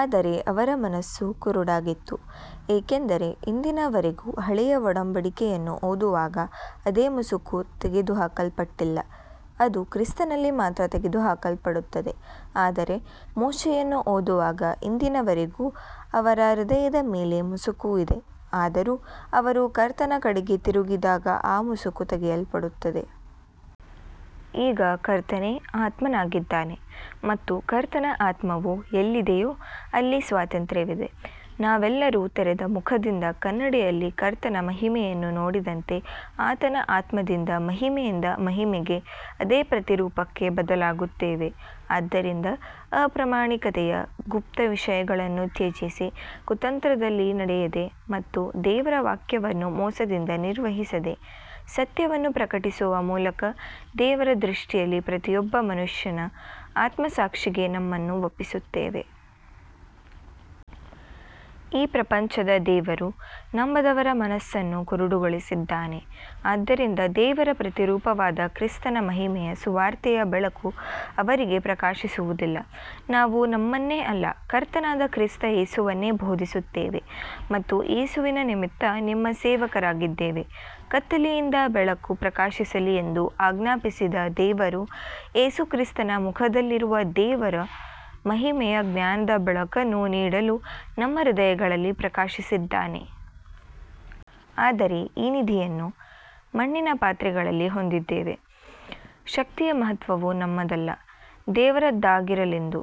ಆದರೆ ಅವರ ಮನಸ್ಸು ಕುರುಡಾಗಿತ್ತು, ಏಕೆಂದರೆ ಇಂದಿನವರೆಗೂ ಹಳೆಯ ಒಡಂಬಡಿಕೆಯನ್ನು ಓದುವಾಗ ಅದೇ ಮುಸುಕು ತೆಗೆದುಹಾಕಲ್ಪಟ್ಟಿಲ್ಲ, ಅದು ಕ್ರಿಸ್ತನಲ್ಲಿ ಮಾತ್ರ ತೆಗೆದುಹಾಕಲ್ಪಡುತ್ತದೆ. ಆದರೆ ಮೋಶೆಯನ್ನು ಓದುವಾಗ ಇಂದಿನವರೆಗೂ ಅವರ ಹೃದಯದ ಮೇಲೆ ಮುಸುಕು ಇದೆ. ಆದರೂ ಅವರು ಕರ್ತನ ಕಡೆಗೆ ತಿರುಗಿದಾಗ ಆ ಮುಸುಕು ತೆಗೆಯಲ್ಪಡುತ್ತದೆ. ಈಗ ಕರ್ತನೇ ಆತ್ಮನಾಗಿದ್ದಾನೆ ಮತ್ತು ಕರ್ತನ ಆತ್ಮವು ಎಲ್ಲಿದೆಯೋ ಅಲ್ಲಿ ಸ್ವಾತಂತ್ರ್ಯವಿದೆ. ನಾವೆಲ್ಲರೂ ತೆರೆದ ಮುಖದಿಂದ ಕನ್ನಡಿಯಲ್ಲಿ ಕರ್ತನ ಮಹಿಮೆಯನ್ನು ನೋಡಿದಂತೆ ಆತನ ಆತ್ಮದಿಂದ ಮಹಿಮೆಯಿಂದ ಮಹಿಮೆಗೆ ಅದೇ ಪ್ರತಿರೂಪಕ್ಕೆ ಬದಲಾಗುತ್ತೇವೆ. ಆದ್ದರಿಂದ ಅಪ್ರಾಮಾಣಿಕತೆಯ ಗುಪ್ತ ವಿಷಯಗಳನ್ನು ತ್ಯಜಿಸಿ, ಕುತಂತ್ರದಲ್ಲಿ ನಡೆಯದೆ ಮತ್ತು ದೇವರ ವಾಕ್ಯವನ್ನು ಮೋಸದಿಂದ ನಿರ್ವಹಿಸದೆ, ಸತ್ಯವನ್ನು ಪ್ರಕಟಿಸುವ ಮೂಲಕ ದೇವರ ದೃಷ್ಟಿಯಲ್ಲಿ ಪ್ರತಿಯೊಬ್ಬ ಮನುಷ್ಯನ ಆತ್ಮಸಾಕ್ಷಿಗೆ ನಮ್ಮನ್ನು ಒಪ್ಪಿಸುತ್ತೇವೆ. ಈ ಪ್ರಪಂಚದ ದೇವರು ನಂಬದವರ ಮನಸ್ಸನ್ನು ಕುರುಡುಗೊಳಿಸಿದ್ದಾನೆ, ಆದ್ದರಿಂದ ದೇವರ ಪ್ರತಿರೂಪವಾದ ಕ್ರಿಸ್ತನ ಮಹಿಮೆಯ ಸುವಾರ್ತೆಯ ಬೆಳಕು ಅವರಿಗೆ ಪ್ರಕಾಶಿಸುವುದಿಲ್ಲ. ನಾವು ನಮ್ಮನ್ನೇ ಅಲ್ಲ, ಕರ್ತನಾದ ಕ್ರಿಸ್ತ ಯೇಸುವನ್ನೇ ಬೋಧಿಸುತ್ತೇವೆ ಮತ್ತು ಯೇಸುವಿನ ನಿಮಿತ್ತ ನಿಮ್ಮ ಸೇವಕರಾಗಿದ್ದೇವೆ. ಕತ್ತಲೆಯಿಂದ ಬೆಳಕು ಪ್ರಕಾಶಿಸಲಿ ಎಂದು ಆಜ್ಞಾಪಿಸಿದ ದೇವರು ಯೇಸು ಕ್ರಿಸ್ತನ ಮುಖದಲ್ಲಿರುವ ದೇವರ ಮಹಿಮೆಯ ಜ್ಞಾನದ ಬೆಳಕನ್ನು ನೀಡಲು ನಮ್ಮ ಹೃದಯಗಳಲ್ಲಿ ಪ್ರಕಾಶಿಸಿದ್ದಾನೆ. ಆದರೆ ಈ ನಿಧಿಯನ್ನು ಮಣ್ಣಿನ ಪಾತ್ರೆಗಳಲ್ಲಿ ಹೊಂದಿದ್ದೇವೆ, ಶಕ್ತಿಯ ಮಹತ್ವವು ನಮ್ಮದಲ್ಲ ದೇವರದ್ದಾಗಿರಲೆಂದು.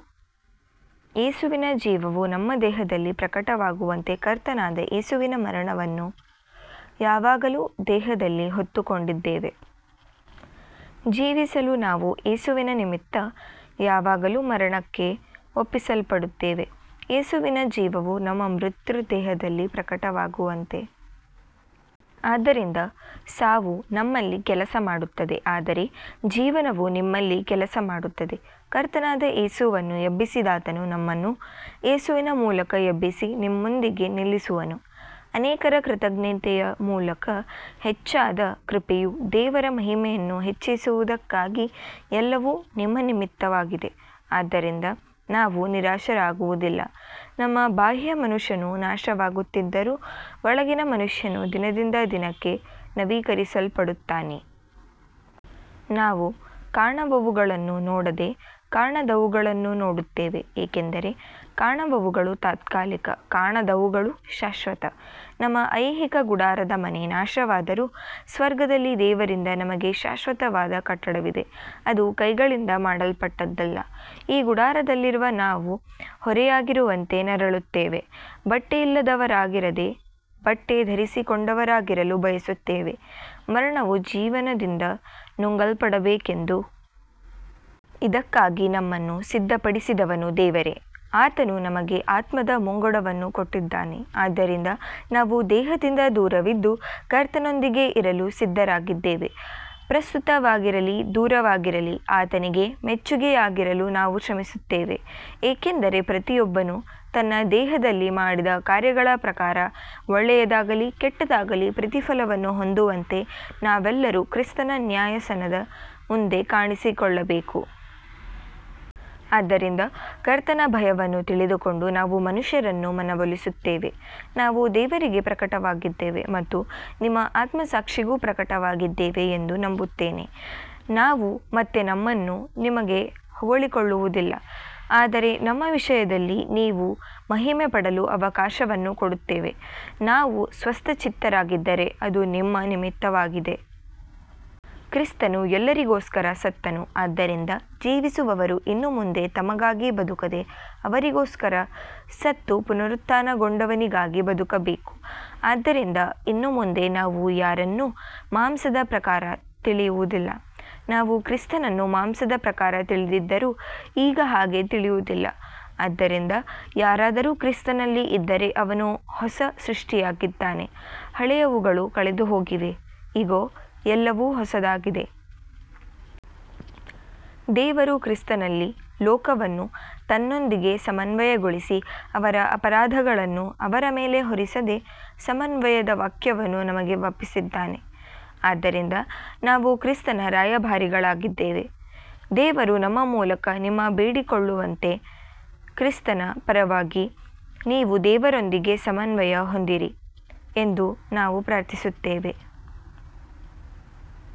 ಯೇಸುವಿನ ಜೀವವು ನಮ್ಮ ದೇಹದಲ್ಲಿ ಪ್ರಕಟವಾಗುವಂತೆ ಕರ್ತನಾದ ಯೇಸುವಿನ ಮರಣವನ್ನು ಯಾವಾಗಲೂ ದೇಹದಲ್ಲಿ ಹೊತ್ತುಕೊಂಡಿದ್ದೇವೆ. ಜೀವಿಸುವ ನಾವು ಯೇಸುವಿನ ನಿಮಿತ್ತ ಯಾವಾಗಲೂ ಮರಣಕ್ಕೆ ಒಪ್ಪಿಸಲ್ಪಡುತ್ತೇವೆ, ಯೇಸುವಿನ ಜೀವವು ನಮ್ಮ ಮರ್ತ್ಯ ದೇಹದಲ್ಲಿ ಪ್ರಕಟವಾಗುವಂತೆ. ಆದ್ದರಿಂದ ಸಾವು ನಮ್ಮಲ್ಲಿ ಕೆಲಸಮಾಡುತ್ತದೆ, ಆದರೆ ಜೀವನವು ನಿಮ್ಮಲ್ಲಿ ಕೆಲಸಮಾಡುತ್ತದೆ. ಕರ್ತನಾದ ಯೇಸುವನ್ನು ಎಬ್ಬಿಸಿದಾತನು ನಮ್ಮನ್ನೂ ಯೇಸುವಿನ ಮೂಲಕ ಎಬ್ಬಿಸಿ ನಿಮ್ಮೊಂದಿಗೆ ನಿಲ್ಲಿಸುವನು. ಅನೇಕರ ಕೃತಜ್ಞತೆಯ ಮೂಲಕ ಹೆಚ್ಚಾದ ಕೃಪೆಯು ದೇವರ ಮಹಿಮೆಯನ್ನು ಹೆಚ್ಚಿಸುವುದಕ್ಕಾಗಿ ಎಲ್ಲವೂ ನಿಮ್ಮ ನಿಮಿತ್ತವಾಗಿದೆ. ಆದ್ದರಿಂದ ನಾವು ನಿರಾಶರಾಗುವುದಿಲ್ಲ. ನಮ್ಮ ಬಾಹ್ಯ ಮನುಷ್ಯನು ನಾಶವಾಗುತ್ತಿದ್ದರೂ ಒಳಗಿನ ಮನುಷ್ಯನು ದಿನದಿಂದ ದಿನಕ್ಕೆ ನವೀಕರಿಸಲ್ಪಡುತ್ತಾನೆ. ನಾವು ಕಾಣುವವುಗಳನ್ನು ನೋಡದೆ ಕಾಣದವುಗಳನ್ನು ನೋಡುತ್ತೇವೆ, ಏಕೆಂದರೆ ಕಾಣುವವುಗಳು ತಾತ್ಕಾಲಿಕ, ಕಾಣದವುಗಳು ಶಾಶ್ವತ. ನಮ್ಮ ಐಹಿಕ ಗುಡಾರದ ಮನೆ ನಾಶವಾದರೂ ಸ್ವರ್ಗದಲ್ಲಿ ದೇವರಿಂದ ನಮಗೆ ಶಾಶ್ವತವಾದ ಕಟ್ಟಡವಿದೆ, ಅದು ಕೈಗಳಿಂದ ಮಾಡಲ್ಪಟ್ಟದ್ದಲ್ಲ. ಈ ಗುಡಾರದಲ್ಲಿರುವ ನಾವು ಹೊರೆಯಾಗಿರುವಂತೆ ನರಳುತ್ತೇವೆ, ಬಟ್ಟೆಯಿಲ್ಲದವರಾಗಿರದೆ ಬಟ್ಟೆ ಧರಿಸಿಕೊಂಡವರಾಗಿರಲು ಬಯಸುತ್ತೇವೆ, ಮರಣವು ಜೀವನದಿಂದ ನುಂಗಲ್ಪಡಬೇಕೆಂದು. ಇದಕ್ಕಾಗಿ ನಮ್ಮನ್ನು ಸಿದ್ಧಪಡಿಸಿದವನು ದೇವರೇ, ಆತನು ನಮಗೆ ಆತ್ಮದ ಮುಂಗಡವನ್ನು ಕೊಟ್ಟಿದ್ದಾನೆ. ಆದ್ದರಿಂದ ನಾವು ದೇಹದಿಂದ ದೂರವಿದ್ದು ಕರ್ತನೊಂದಿಗೆ ಇರಲು ಸಿದ್ಧರಾಗಿದ್ದೇವೆ. ಪ್ರಸ್ತುತವಾಗಿರಲಿ ದೂರವಾಗಿರಲಿ, ಆತನಿಗೆ ಮೆಚ್ಚಿಗೆಯಾಗಿರಲು ನಾವು ಶ್ರಮಿಸುತ್ತೇವೆ. ಏಕೆಂದರೆ ಪ್ರತಿಯೊಬ್ಬನು ತನ್ನ ದೇಹದಲ್ಲಿ ಮಾಡಿದ ಕಾರ್ಯಗಳ ಪ್ರಕಾರ, ಒಳ್ಳೆಯದಾಗಲಿ ಕೆಟ್ಟದಾಗಲಿ, ಪ್ರತಿಫಲವನ್ನು ಹೊಂದುವಂತೆ ನಾವೆಲ್ಲರೂ ಕ್ರಿಸ್ತನ ನ್ಯಾಯಾಸನದ ಮುಂದೆ ಕಾಣಿಸಿಕೊಳ್ಳಬೇಕು. ಆದ್ದರಿಂದ ಕರ್ತನ ಭಯವನ್ನು ತಿಳಿದುಕೊಂಡು ನಾವು ಮನುಷ್ಯರನ್ನು ಮನವೊಲಿಸುತ್ತೇವೆ. ನಾವು ದೇವರಿಗೆ ಪ್ರಕಟವಾಗಿದ್ದೇವೆ ಮತ್ತು ನಿಮ್ಮ ಆತ್ಮಸಾಕ್ಷಿಗೂ ಪ್ರಕಟವಾಗಿದ್ದೇವೆ ಎಂದು ನಂಬುತ್ತೇನೆ. ನಾವು ಮತ್ತೆ ನಮ್ಮನ್ನು ನಿಮಗೆ ಹೊಗಳಿಕೊಳ್ಳುವುದಿಲ್ಲ, ಆದರೆ ನಮ್ಮ ವಿಷಯದಲ್ಲಿ ನೀವು ಮಹಿಮೆಪಡಲು ಅವಕಾಶವನ್ನು ಕೊಡುತ್ತೇವೆ. ನಾವು ಸ್ವಸ್ಥಚಿತ್ತರಾಗಿದ್ದರೆ ಅದು ನಿಮ್ಮ ನಿಮಿತ್ತವಾಗಿದೆ. ಕ್ರಿಸ್ತನು ಎಲ್ಲರಿಗೋಸ್ಕರ ಸತ್ತನು, ಆದ್ದರಿಂದ ಜೀವಿಸುವವರು ಇನ್ನು ಮುಂದೆ ತಮಗಾಗಿ ಬದುಕದೆ, ಅವರಿಗೋಸ್ಕರ ಸತ್ತು ಪುನರುತ್ಥಾನಗೊಂಡವನಿಗಾಗಿ ಬದುಕಬೇಕು. ಆದ್ದರಿಂದ ಇನ್ನು ಮುಂದೆ ನಾವು ಯಾರನ್ನೂ ಮಾಂಸದ ಪ್ರಕಾರ ತಿಳಿಯುವುದಿಲ್ಲ. ನಾವು ಕ್ರಿಸ್ತನನ್ನು ಮಾಂಸದ ಪ್ರಕಾರ ತಿಳಿದಿದ್ದರೂ ಈಗ ಹಾಗೆ ತಿಳಿಯುವುದಿಲ್ಲ. ಆದ್ದರಿಂದ ಯಾರಾದರೂ ಕ್ರಿಸ್ತನಲ್ಲಿ ಇದ್ದರೆ ಅವನು ಹೊಸ ಸೃಷ್ಟಿಯಾಗಿದ್ದಾನೆ, ಹಳೆಯವುಗಳು ಕಳೆದುಹೋಗಿವೆ, ಇಗೋ ಎಲ್ಲವೂ ಹೊಸದಾಗಿವೆ. ದೇವರು ಕ್ರಿಸ್ತನಲ್ಲಿ ಲೋಕವನ್ನು ತನ್ನೊಂದಿಗೆ ಸಮನ್ವಯಗೊಳಿಸಿ, ಅವರ ಅಪರಾಧಗಳನ್ನು ಅವರ ಮೇಲೆ ಹೊರಿಸದೆ ಸಮನ್ವಯದ ವಾಕ್ಯವನ್ನು ನಮಗೆ ಒಪ್ಪಿಸಿದ್ದಾನೆ. ಆದ್ದರಿಂದ ನಾವು ಕ್ರಿಸ್ತನ ರಾಯಭಾರಿಗಳಾಗಿದ್ದೇವೆ. ದೇವರು ನಮ್ಮ ಮೂಲಕ ನಿಮ್ಮನ್ನು ಬೇಡಿಕೊಳ್ಳುವಂತೆ, ಕ್ರಿಸ್ತನ ಪರವಾಗಿ ನೀವು ದೇವರೊಂದಿಗೆ ಸಮನ್ವಯ ಹೊಂದಿರಿ ಎಂದು ನಾವು ಪ್ರಾರ್ಥಿಸುತ್ತೇವೆ.